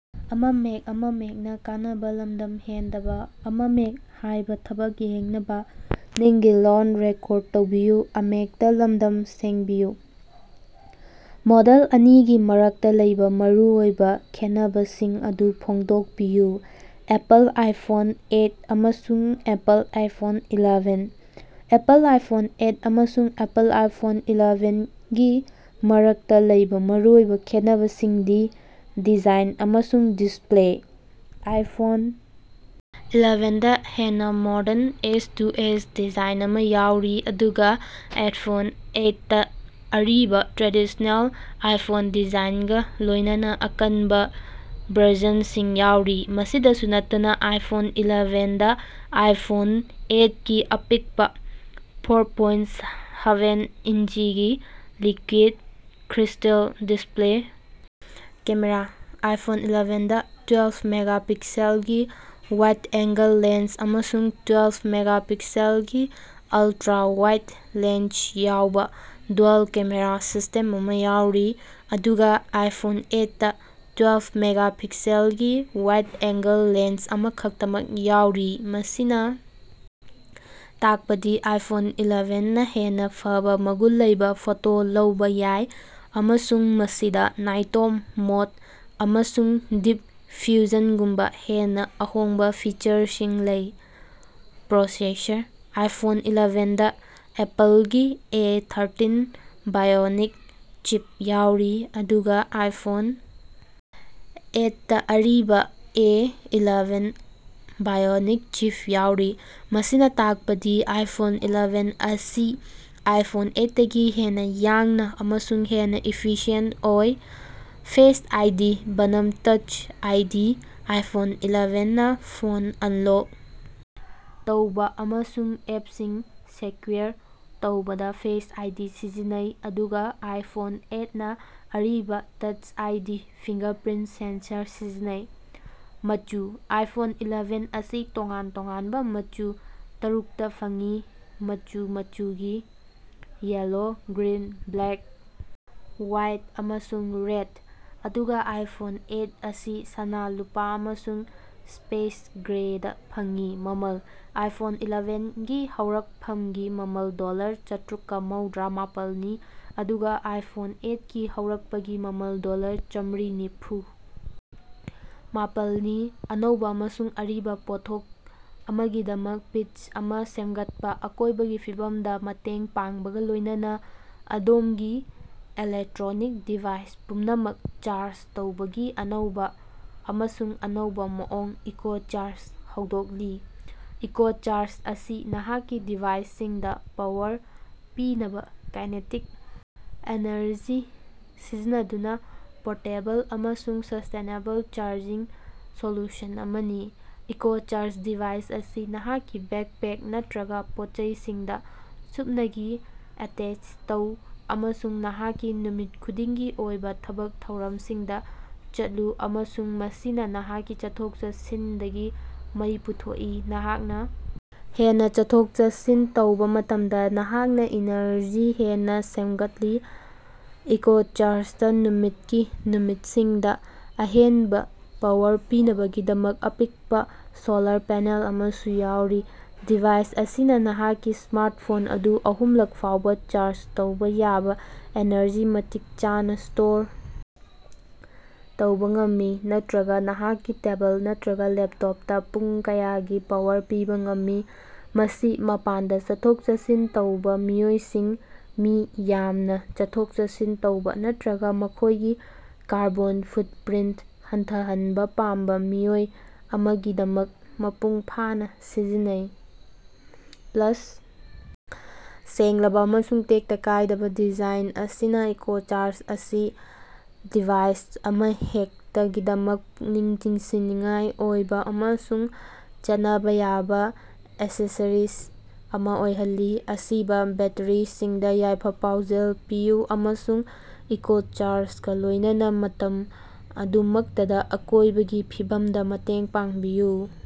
Model ꯑꯅꯤꯒꯤ ꯃꯔꯛꯇ ꯂꯩꯕ ꯃꯔꯨꯑꯣꯏꯕ ꯈꯦꯠꯅꯕꯁꯤꯡ ꯑꯗꯨ ꯐꯣꯡꯗꯣꯛꯄꯤꯌꯨ, ꯑꯦꯄꯜ ꯑꯥꯏꯐꯣꯟ ꯑꯦꯠ ꯑꯃꯁꯨꯡ Apple iPhone eleven. Apple iPhone eight ꯑꯃꯁꯨꯡ ꯑꯦꯄꯜ ꯑꯥꯏꯐꯣꯟ ꯏꯂꯥꯚꯦꯟꯒꯤ ꯃꯔꯛꯇ ꯂꯩꯕ ꯃꯔꯨꯑꯣꯏꯕ ꯈꯦꯠꯅꯕꯁꯤꯡꯗꯤ - ꯗꯤꯖꯥꯏꯟ ꯑꯃꯁꯨꯡ ꯗꯤꯁꯄ꯭ꯂꯦ - ꯑꯥꯏꯐꯣꯟ ꯏꯂꯥꯚꯦꯟꯗꯥ ꯍꯦꯟꯅ ꯃꯣꯗ꯭ꯔꯟ, ꯑꯦꯖ-ꯇꯨ-ꯑꯦꯖ ꯗꯤꯖꯥꯏꯟ ꯑꯃ ꯌꯥꯎꯔꯤ, ꯑꯗꯨꯒ ꯑꯥꯏꯐꯣꯟ ꯑꯦꯠ ꯇꯥ ꯑꯔꯤꯕ, ꯇ꯭ꯔꯦꯗꯤꯁ꯭ꯅꯦꯜ ꯑꯥꯏꯐꯣꯟ ꯗꯤꯖꯥꯏꯟꯒ ꯂꯣꯏꯅꯅꯥ ꯑꯀꯟꯕ ꯕꯔꯖꯟꯁꯤꯡ ꯌꯥꯎꯔꯤ꯫ ꯃꯁꯤꯗꯁꯨ ꯅꯠꯇꯅꯥ ꯑꯥꯏꯐꯣꯟ ꯏꯂꯥꯚꯦꯟꯗꯥ ꯑꯥꯏꯐꯣꯟ ꯑꯦꯠꯀꯤ ꯑꯄꯤꯛꯄ, ꯐꯣꯔ ꯄꯣꯏꯟ ꯁꯥꯚꯦꯟ ꯏꯟꯆꯤꯒꯤ liquid crystal display camera - iPhone ꯏꯂꯥꯚꯦꯟꯗꯥ ꯇꯨꯏꯋ꯭ꯐꯦꯜ ꯃꯦꯒꯥꯄꯤꯛꯁꯦꯜꯒꯤ ꯋꯥꯏꯗ ꯑꯦꯡꯒꯜ ꯂꯦꯟꯁ ꯑꯃꯁꯨꯡ ꯇꯨꯏꯋ꯭ꯐꯦꯜ ꯃꯦꯒꯥꯄꯤꯛꯁꯦꯜꯒꯤ ꯑꯜꯇꯔꯥ ꯋꯥꯏꯗ ꯂꯦꯟꯁ ꯌꯥꯎꯕ ꯗ꯭ꯌꯨꯑꯦꯜ ꯀꯦꯃꯦꯔꯥ ꯁꯤꯁꯇꯦꯝ ꯑꯃ ꯌꯥꯎꯔꯤ, ꯑꯗꯨꯒ ꯑꯥꯏꯐꯣꯟ ꯑꯦꯠ ꯇꯥ ꯇꯨꯏꯋ꯭ꯐꯦꯜ ꯃꯦꯒꯥꯄꯤꯛꯁꯦꯜꯒꯤ ꯋꯥꯏꯗ ꯑꯦꯡꯒꯜ ꯂꯦꯟꯁ ꯑꯃꯈꯛꯇꯃꯛ ꯌꯥꯎꯔꯤ꯫ ꯃꯁꯤꯅ ꯇꯥꯛꯄꯗꯤ ꯑꯥꯏꯐꯣꯟ ꯏꯂꯥꯚꯦꯟꯅꯥ ꯍꯦꯟꯅ ꯐꯕꯥ ꯃꯒꯨꯟ ꯂꯩꯕ ꯐꯣꯇꯣ ꯂꯧꯕ ꯌꯥꯏ ꯑꯃꯁꯨꯡ ꯃꯁꯤꯗ ꯅꯥꯏꯇꯣꯝ ꯃꯣꯗ ꯑꯃꯁꯨꯡ ꯗꯤꯞ ꯐ꯭ꯌꯨꯖꯟꯒꯨꯝꯕ ꯍꯦꯟꯅ ꯑꯍꯣꯡꯕ ꯐꯤꯆꯔꯁꯤꯡ ꯂꯩ꯫ ꯄ꯭ꯔꯣꯁꯦꯁꯔ - ꯑꯥꯏꯐꯣꯟ ꯏꯂꯥꯚꯦꯟꯗꯥ ꯑꯦꯄꯜꯒꯤ ꯑꯦ ꯊ꯭ꯔꯥꯇꯤꯟ ꯕꯥꯏꯑꯣꯅꯤꯛ ꯆꯤꯞ ꯌꯥꯎꯔꯤ, ꯑꯗꯨꯒ ꯑꯥꯏꯐꯣꯟ ꯑꯦꯠ ꯇꯥ ꯑꯔꯤꯕ ꯑꯦ ꯏꯂꯥꯚꯦꯟ ꯕꯥꯏꯑꯣꯅꯤꯛ ꯆꯤꯞ ꯌꯥꯎꯔꯤ꯫ ꯃꯁꯤꯅ ꯇꯥꯛꯄꯗꯤ ꯑꯥꯏꯐꯣꯟ ꯏꯂꯥꯚꯦꯟ ꯑꯁꯤ ꯑꯥꯏꯐꯣꯟ ꯑꯦꯠ ꯇꯒꯤ ꯍꯦꯟꯅ ꯌꯥꯡꯅ ꯑꯃꯁꯨꯡ ꯍꯦꯟꯅ ꯏꯐꯤꯁꯤꯌꯦꯟꯇ ꯑꯣꯏ꯫ ꯐꯦꯁ ꯑꯥꯏꯗꯤ ꯕꯅꯥꯝ ꯇꯆ ꯑꯥꯏꯗꯤ - ꯑꯥꯏꯐꯣꯟ ꯏꯂꯥꯚꯦꯟ ꯅꯥ ꯐꯣꯟ ꯑꯟꯂꯣꯛ ꯇꯧꯕ ꯑꯃꯁꯨꯡ ꯑꯦꯞꯁꯤꯡ ꯁꯦꯀ꯭ꯌꯨꯔ ꯇꯧꯕꯗ ꯐꯦꯁ ꯑꯥꯏꯗꯤ ꯁꯤꯖꯤꯟꯅꯩ, ꯑꯗꯨꯒ ꯑꯥꯏꯐꯣꯟ ꯑꯦꯠ ꯅꯥ ꯑꯔꯤꯕ ꯇꯆ ꯑꯥꯏꯗꯤ ꯐꯤꯡꯒꯔꯄ꯭ꯔꯤꯟꯇ ꯁꯦꯟꯁꯔ ꯁꯤꯖꯤꯟꯅꯩ꯫ ꯃꯆꯨ - ꯑꯥꯏꯐꯣꯟ ꯏꯂꯥꯚꯦꯟ ꯑꯁꯤ ꯇꯣꯉꯥꯟ ꯇꯣꯉꯥꯟꯕ ꯃꯆꯨ ꯇꯔꯨꯛꯇꯥ ꯐꯪꯏ, ꯃꯆꯨ ꯃꯆꯨꯒꯤ, ꯌꯦꯜꯂꯣ, ꯒ꯭ꯔꯤꯟ, ꯕ꯭ꯂꯦꯛ, ꯋꯥꯏꯠ ꯑꯃꯁꯨꯡ ꯔꯦꯗ, ꯑꯗꯨꯒ ꯑꯥꯏꯐꯣꯟ ꯑꯦꯠ ꯑꯁꯤ ꯁꯅꯥ, ꯂꯨꯄꯥ ꯑꯃꯁꯨꯡ ꯁ꯭ꯄꯦꯁ ꯒ꯭ꯔꯦꯗꯥ ꯐꯪꯏ꯫ ꯃꯃꯜ - ꯑꯥꯏꯐꯣꯟ ꯏꯂꯥꯚꯦꯟ ꯒꯤ ꯍꯧꯔꯛꯐꯝꯒꯤ ꯃꯃꯜ ꯗꯣꯂꯔ ꯆꯇ꯭ꯔꯨꯛꯀ ꯃꯧꯗ꯭ꯔꯥ ꯃꯄꯜꯅꯤ, ꯑꯗꯨꯒ ꯑꯥꯏꯐꯣꯟ ꯑꯦꯠ ꯒꯤ ꯍꯧꯔꯛꯄꯒꯤ ꯃꯃꯜ ꯗꯣꯂꯔ ꯆꯥꯃ꯭ꯔꯤ ꯅꯤꯐꯨ ꯃꯄꯜꯅꯤ꯫ ꯑꯅꯧꯕ ꯑꯃꯁꯨꯡ ꯑꯔꯤꯕ ꯄꯣꯠꯊꯣꯛ ꯑꯃꯒꯤꯗꯃꯛ ꯄꯤꯆ ꯑꯃ ꯁꯦꯝꯒꯠꯄ꯫ ꯑꯀꯣꯏꯕꯒꯤ ꯐꯤꯕꯝꯗ ꯃꯇꯦꯡ ꯄꯥꯡꯕꯒ ꯂꯣꯏꯅꯅ ꯑꯗꯣꯝꯒꯤ ꯏꯂꯦꯛꯇ꯭ꯔꯣꯅꯤꯛ ꯗꯤꯚꯥꯏꯁ ꯄꯨꯝꯅꯃꯛ ꯆꯥꯔꯖ ꯇꯧꯕꯒꯤ ꯑꯅꯧꯕ ꯑꯃꯁꯨꯡ ꯑꯅꯧꯕ ꯃꯑꯣꯡ ꯏꯀꯣꯆꯥꯔꯖ ꯍꯧꯗꯣꯛꯂꯤ꯫ ꯏꯀꯣꯆꯥꯔꯖ ꯑꯁꯤ ꯅꯍꯥꯛꯀꯤ ꯗꯤꯚꯥꯏꯁꯁꯤꯡꯗ ꯄꯥꯋꯔ ꯄꯤꯅꯕꯥ ꯀꯥꯏꯅꯦꯇꯤꯛ ꯑꯦꯅꯔꯖꯤ ꯁꯤꯖꯤꯟꯅꯗꯨꯅ ꯄꯣꯔꯇꯦꯕꯜ ꯑꯃꯁꯨꯡ ꯁꯁꯇꯦꯅꯦꯕꯜ ꯆꯥꯔꯖꯤꯡ ꯁꯣꯂꯨꯁꯟ ꯑꯃꯅꯤ꯫ ꯏꯀꯣꯆꯥꯔꯖ ꯗꯤꯚꯥꯏꯁ ꯑꯁꯤ ꯅꯍꯥꯛꯀꯤ ꯕꯦꯛꯄꯦꯛ ꯅꯠꯇꯔꯒ ꯄꯣꯠꯆꯩꯁꯤꯡꯗ ꯁꯨꯞꯅꯒꯤ ꯑꯦꯇꯦꯆ ꯇꯧ ꯑꯃꯁꯨꯡ ꯅꯍꯥꯛꯀꯤ ꯅꯨꯃꯤꯠ ꯈꯨꯗꯤꯡꯒꯤ ꯑꯣꯏꯕ ꯊꯕꯛ ꯊꯧꯔꯝꯁꯤꯡꯗ ꯆꯠꯂꯨ, ꯑꯃꯁꯨꯡ ꯃꯁꯤꯅ ꯅꯍꯥꯛꯀꯤ ꯆꯠꯊꯣꯛ-ꯆꯠꯁꯤꯟꯗꯒꯤ ꯃꯩ ꯄꯨꯊꯣꯛꯏ꯫ ꯅꯍꯥꯛꯅ ꯍꯦꯟꯅ ꯆꯠꯊꯣꯛ-ꯆꯠꯁꯤꯟ ꯇꯧꯕ ꯃꯇꯝꯗ, ꯅꯍꯥꯛꯅ ꯏꯅꯔꯖꯤ ꯍꯦꯟꯅ ꯁꯦꯝꯒꯠꯂꯤ꯫ ꯏꯀꯣꯆꯥꯔꯖꯇꯥ ꯅꯨꯃꯤꯠꯀꯤ ꯅꯨꯃꯤꯠꯁꯤꯡꯗ ꯑꯍꯦꯟꯕ ꯄꯥꯋꯔ ꯄꯤꯅꯕꯒꯤꯗꯃꯛ ꯑꯄꯤꯛꯄ ꯁꯣꯂꯥꯔ ꯄꯦꯅꯦꯜ ꯑꯃꯁꯨ ꯌꯥꯎꯔꯤ꯫ ꯗꯤꯚꯥꯏꯁ ꯑꯁꯤꯅ ꯅꯍꯥꯛꯀꯤ ꯁ꯭ꯃꯥꯔꯠꯐꯣꯟ ꯑꯗꯨ ꯑꯍꯨꯝꯂꯛ ꯐꯥꯎꯕ ꯆꯥꯔꯖ ꯇꯧꯕ ꯌꯥꯕ ꯑꯦꯅꯔꯖꯤ ꯃꯇꯤꯛ ꯆꯥꯅ ꯁ꯭ꯇꯣꯔ ꯇꯧꯕ ꯉꯝꯃꯤ ꯅꯠꯇꯔꯒ ꯅꯍꯥꯛꯀꯤ ꯇꯦꯕꯜ ꯅꯠꯇꯔꯒ ꯂꯦꯞꯇꯣꯞꯇ ꯄꯨꯡ ꯀꯌꯥꯒꯤ ꯄꯥꯋꯔ ꯄꯤꯕ ꯉꯝꯃꯤ꯫ ꯃꯁꯤ ꯃꯄꯥꯟꯗ ꯆꯠꯊꯣꯛ-ꯆꯠꯁꯤꯟ ꯇꯧꯕ ꯃꯤꯑꯣꯏꯁꯤꯡ, ꯃꯤ ꯌꯥꯝꯅ ꯆꯠꯊꯣꯛ-ꯆꯠꯁꯤꯟ ꯇꯧꯕ ꯅꯠꯇꯔꯒ ꯃꯈꯣꯏꯒꯤ ꯀꯥꯔꯕꯣꯟ ꯐꯨꯠꯄ꯭ꯔꯤꯟꯇ ꯍꯟꯊꯍꯟꯕ ꯄꯥꯝꯕ ꯃꯤꯑꯣꯏ ꯑꯃꯒꯤꯗꯃꯛ ꯃꯄꯨꯡ ꯐꯥꯅ ꯁꯤꯖꯤꯟꯅꯩ꯫ ꯄ꯭ꯂꯥꯁ, ꯁꯦꯡꯂꯕꯥ ꯑꯃꯁꯨꯡ ꯇꯦꯛꯇ ꯀꯥꯏꯗꯕꯥ ꯗꯤꯖꯥꯏꯟ ꯑꯁꯤꯅ ꯏꯀꯣꯆꯥꯔꯖ ꯑꯁꯤ ꯗꯤꯚꯥꯏꯁ ꯑꯃꯍꯦꯛꯇꯒꯤꯗꯃꯛ ꯄꯨꯛꯅꯤꯡ ꯆꯤꯡꯁꯤꯟꯅꯤꯡꯉꯥꯏ ꯑꯣꯏꯕ ꯑꯃꯁꯨꯡ ꯆꯠꯅꯕ ꯌꯥꯕ ꯑꯦꯛꯁꯦꯁꯔꯤꯖ ꯑꯃ ꯑꯣꯏꯍꯜꯂꯤ꯫ ꯑꯁꯤꯕ ꯕꯦꯠꯇꯔꯤꯁꯤꯡꯗ ꯌꯥꯏꯐ-ꯄꯥꯎꯖꯦꯜ ꯄꯤꯌꯨ ꯑꯃꯁꯨꯡ ꯏꯀꯣꯆꯥꯔꯖꯒꯥ ꯂꯣꯏꯅꯅꯥ ꯃꯇꯝ ꯑꯗꯨꯃꯛꯇꯗꯥ ꯑꯀꯣꯏꯕꯒꯤ ꯐꯤꯕꯝꯗ ꯃꯇꯦꯡ ꯄꯥꯡꯕꯤꯌꯨ꯫